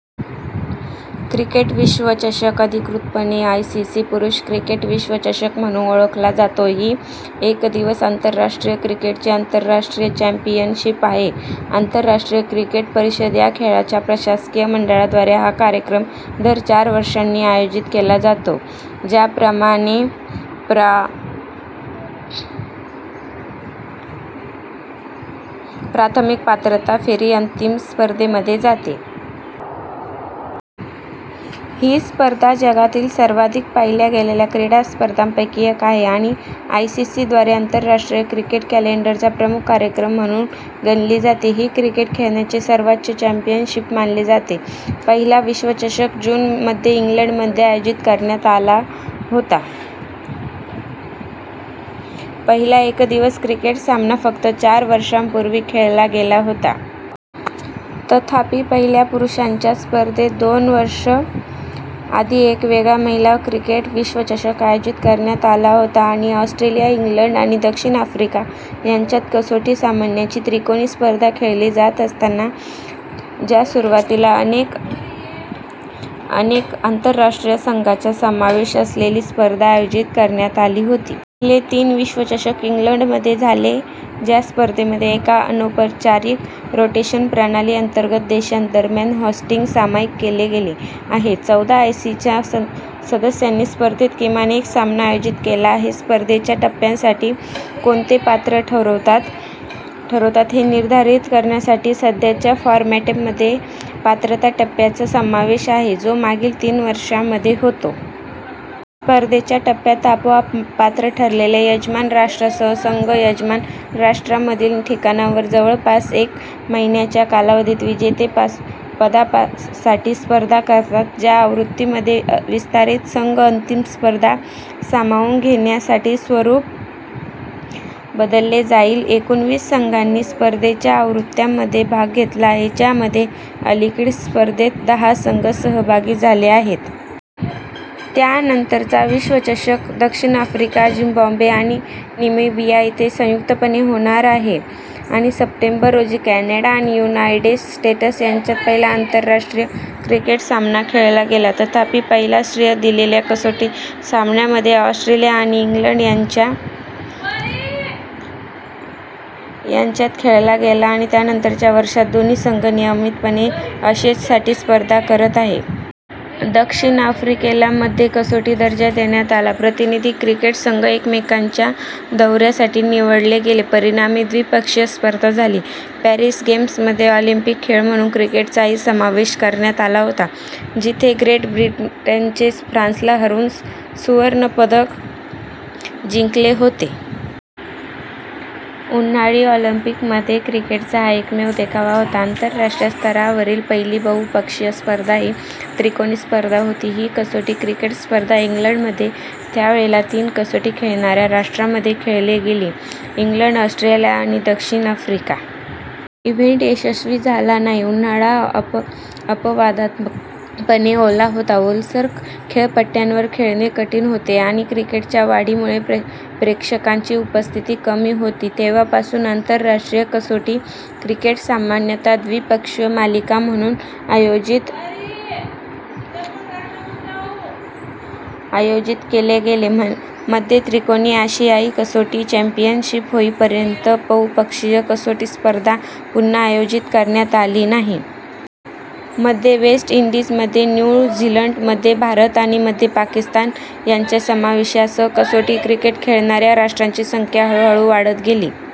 Cricket विश्वचषक, अधिकृतपणे ICC पुरुष क्रिकेट विश्वचषक म्हणून ओळखला जातो, ही एकदिवसीय आंतरराष्ट्रीय क्रिकेटची आंतरराष्ट्रीय चॅम्पियनशिप आहे. आंतरराष्ट्रीय क्रिकेट परिषद या खेळाच्या प्रशासकीय मंडळाद्वारे हा कार्यक्रम दर चार वर्षांनी आयोजित केला जातो, ज्यामध्ये प्राथमिक पात्रता फेरी अंतिम स्पर्धेपर्यंत जाते. ही स्पर्धा जगातील सर्वाधिक पाहिल्या गेलेल्या क्रीडा स्पर्धांपैकी एक आहे आणि आयसीसी द्वारे "आंतरराष्ट्रीय क्रिकेट कॅलेंडरचा प्रमुख कार्यक्रम" म्हणून गणली जाते. हे क्रिकेट खेळाचे सर्वोच्च चॅम्पियनशिप मानले जाते. पहिला विश्वचषक जून मध्ये इंग्लंडमध्ये आयोजित करण्यात आला होता, पहिला एकदिवसीय क्रिकेट सामना फक्त चार वर्षांपूर्वी खेळला गेला होता. तथापि, पहिल्या पुरुषांच्या स्पर्धेच्या दोन वर्षे आधी एक वेगळा महिला क्रिकेट विश्वचषक आयोजित करण्यात आला होता आणि ऑस्ट्रेलिया, इंग्लंड आणि दक्षिण आफ्रिका यांच्यात कसोटी सामन्यांची त्रिकोणी स्पर्धा खेळली जात असताना च्या सुरुवातीला अनेक आंतरराष्ट्रीय संघांचा समावेश असलेली स्पर्धा आयोजित करण्यात आली होती. पहिले तीन विश्वचषक इंग्लंडमध्ये झाले. च्या स्पर्धेपासून, एका अनौपचारिक रोटेशन प्रणाली अंतर्गत देशांदरम्यान होस्टिंग सामायिक केले गेले आहे, चौदा आयसीसी सदस्यांनी स्पर्धेत किमान एक सामना आयोजित केला आहे. स्पर्धेच्या टप्प्यासाठी कोणते संघ पात्र ठरतात हे निर्धारित करण्यासाठी सध्याच्या फॉरमॅटमध्ये पात्रता टप्प्याचा समावेश आहे, जो मागील तीन वर्षांमध्ये होतो. स्पर्धेच्या टप्प्यात, आपोआप पात्र ठरलेल्या यजमान राष्ट्रासह संघ, यजमान राष्ट्रामधील ठिकाणांवर जवळपास एक महिन्याच्या कालावधीत विजेतेपदासाठी स्पर्धा करतात. च्या आवृत्तीमध्ये, विस्तारित -संघ अंतिम स्पर्धा सामावून घेण्यासाठी स्वरूप बदलले जाईल. एकूण वीस संघांनी स्पर्धेच्या आवृत्त्यांमध्ये भाग घेतला आहे, ज्यामध्ये अलीकडील स्पर्धेत दहा संघ सहभागी झाले आहेत. त्यानंतरचा विश्वचषक दक्षिण आफ्रिका, झिम्बाब्वे आणि नामिबिया येथे संयुक्तपणे होणार आहे. आणि सप्टेंबर रोजी कॅनडा आणि युनायटेड स्टेट्स यांच्यात पहिला आंतरराष्ट्रीय क्रिकेट सामना खेळला गेला. तथापि, पहिला श्रेय दिलेला कसोटी सामना मध्ये ऑस्ट्रेलिया आणि इंग्लंड यांच्यात खेळला गेला आणि त्यानंतरच्या वर्षांत दोन्ही संघ नियमितपणे अशेज साठी स्पर्धा करत आहे. दक्षिण आफ्रिकेला मध्ये कसोटी दर्जा देण्यात आला. प्रतिनिधी क्रिकेट संघ एकमेकांच्या दौऱ्यासाठी निवडले गेले, परिणामी द्विपक्षीय स्पर्धा झाली. पॅरिस गेम्समध्ये ऑलिम्पिक खेळ म्हणून क्रिकेटचाही समावेश करण्यात आला होता, जिथे ग्रेट ब्रिटनने फ्रान्सला हरवून सुवर्णपदक जिंकले होते. उन्हाळी ऑलिंपिकमध्ये क्रिकेटचा हा एकमेव देखावा होता. आंतरराष्ट्रीय स्तरावरील पहिली बहुपक्षीय स्पर्धा ही त्रिकोणी स्पर्धा होती, ही कसोटी क्रिकेट स्पर्धा इंग्लंडमध्ये त्यावेळच्या तीन कसोटी खेळणाऱ्या राष्ट्रांमध्ये खेळली गेली: इंग्लंड, ऑस्ट्रेलिया आणि दक्षिण आफ्रिका. इव्हेंट यशस्वी झाला नाही: उन्हाळा अपवादात्मकपणे ओला होता, ओलसर खेळपट्ट्यांवर खेळणे कठीण होते आणि "क्रिकेटच्या वाढी" मुळे प्रेक्षकांची उपस्थिती कमी होती. तेव्हापासून, आंतरराष्ट्रीय कसोटी क्रिकेट सामान्यत: द्विपक्षीय मालिका म्हणून आयोजित केले गेले: मध्ये त्रिकोणी आशियाई कसोटी चॅम्पियनशिप होईपर्यंत बहुपक्षीय कसोटी स्पर्धा पुन्हा आयोजित करण्यात आली नाही. मध्ये वेस्ट इंडीज, मध्ये न्यू झीलंड, मध्ये भारत आणि मध्ये पाकिस्तान यांच्या समावेशासह कसोटी क्रिकेट खेळणाऱ्या राष्ट्रांची संख्या हळूहळू वाढत गेली.